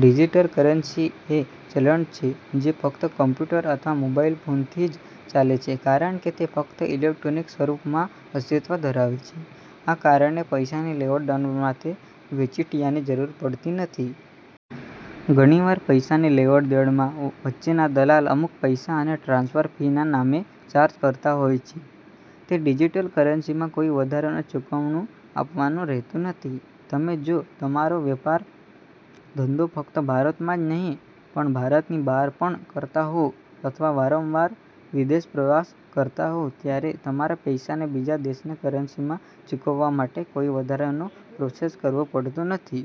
Digital currency એ ચલણ છે જે ફક્ત કમ્પ્યુટર અથવા મોબાઇલ ફોનથી જ ચાલે છે કારણ કે તે ફક્ત ઇલેક્ટ્રોનિક સ્વરૂપમાં અસ્તિત્વ ધરાવે છે. આ કારણથી પૈસાની લેવડદેવડ માટે કોઈ વચેટિયાની જરૂર પડતી નથી. ઘણીવાર પૈસાની લેવડદેવડમાં વચ્ચેનો દલાલ અમુક પૈસા તમને ટ્રાન્સફર ફી ના નામે ચાર્જ કરતા હોય છે તે ડિજિટલ કરન્સીમાં કોઈ વધારાનું ચુકવણું આપવાનું રહેતું નથી. તમે જો તમારો વેપાર ધંધો ફક્ત ભારતમાં જ નહીં પણ ભારતની બહાર પણ કરતા હો અથવા વારંવાર વિદેશ પ્રવાસ કરતા હો ત્યારે તમારા પૈસાને બીજા દેશની કરન્સીમાં ચૂકવવા માટે કોઈ વધારાનો પ્રોસેસ કરવો પડતો નથી.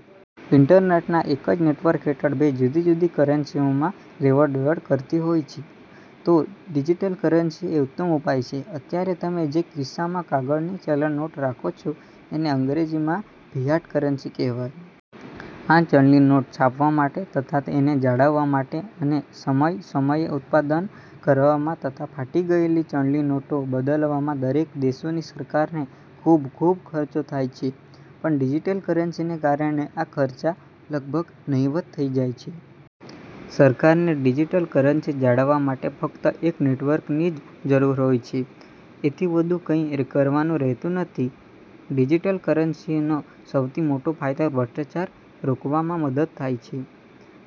ઇન્ટરનેટના એક જ નેટવર્ક હેઠળ બે જુદી જુદી કરન્સીઓમાં લેવડદેવડ કરવી હોય તો ડિજિટલ કરન્સી એ ઉત્તમ ઉપાય છે. અત્યારે તમે જે કિસ્સામાં કાગળની ચલણી નોટ રાખો છો એને અંગ્રેજીમાં ફિયાટ કરન્સી કહેવાય છે, આ ચલણી નોટ છાપવા માટે તથા એને જાળવવા માટે અને સમય સમયે એનું ઉત્પાદન કરવામાં તથા ફાટી ગયેલી ચલણી નોટો બદલવામાં દરેક દેશોની સરકારને ખૂબ ખૂબ ખર્ચો થાય છે પણ ડિજિટલ કરન્સીને કારણે આ ખર્ચ લગભગ નહિવત થઈ જાય છે. સરકારને ડિજિટલ કરન્સી જાળવવા માટે ફ્કત એક નેટવર્કની જ જરૂર હોય છે એથી વધુ કંઈ કરવાનુ રહેતું નથી. ડિજિટલ કરન્સીનો સૌથી મોટો ફાયદો ભ્રષ્ટાચાર રોકવામાં મદદ થાય તે છે.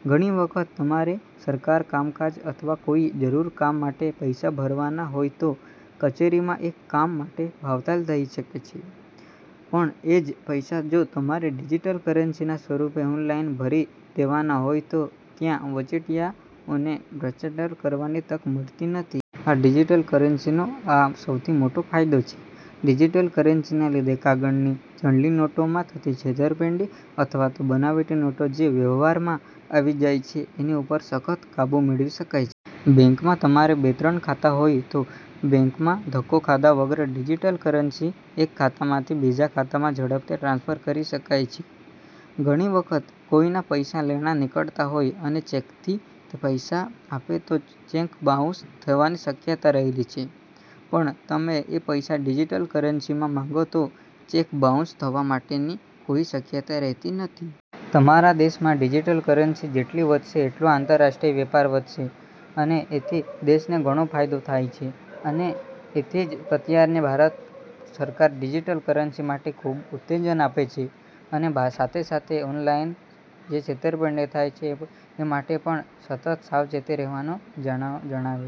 ઘણી વખત તમારે સરકારી કામકાજ અથવા કોઈ જરૂરી કામ માટે પૈસા ભરવાના હોય તો કચેરીમાં એ કામ માટે ભાવતાલ થઈ શકે છે પણ એ જ પૈસા જો તમારે ડિજિટલ કરન્સીના સ્વરૂપે ઓનલાઈન ભરી દેવાના હોય તો ત્યાં વચેટિયાઓને ભ્રષ્ટાચાર કરવાની તક મળતી નથી. આ ડિજિટલ કરન્સીનો આ સૌથી મોટો ફાયદો છે. ડિજિટલ કરન્સી ને લીધે કાગળની ચલણી નોટોમાં થતી છેતરપિંડી અથવા તો બનાવટી નોટો જે વ્યવહારમાં આવી જાય છે એની ઉપર સખત કાબુ મેળવી શકાય છે. બેંકમાં તમારે બે ત્રણ ખાતા હોય તો બેંકમાં ધક્કો ખાધા વગર ડિજિટલ કરન્સી એક ખાતામાંથી બીજા ખાતામાં ઝડપથી ટ્રાન્સફર કરી શકાય છે. ઘણી વખત કોઈ ના પૈસા લેણા નીકળતા હોય અને ચેકથી પૈસા આપે તો ચેક બાઉન્સ થવાની શક્યતા રહેલી છે પણ તમે એ પૈસા ડિજિટલ કરન્સીમાં માગો તો ચેક્ બાઉન્સ થવા માટેની કોઈ શક્યતા રહેતી નથી. તમારા દેશમાં ડિજિટલ કરન્સી જેટલી વધશે એટલો આંતરરાષ્ટ્રીય વેપાર વધશે અને એથી દેશને ઘણો ફાયદો થાય છે, અને એથી જ અત્યારની ભારત સરકાર ડિજિટલ કરન્સી માટે ખૂબ ઉત્તેજન આપે છે અને સાથે સાથે ઓનલાઇન જે છેતરપિંડીઓ થાય છે એ માટે પણ તમને સતત સાવચેત રહેવાનું જણાવે છે.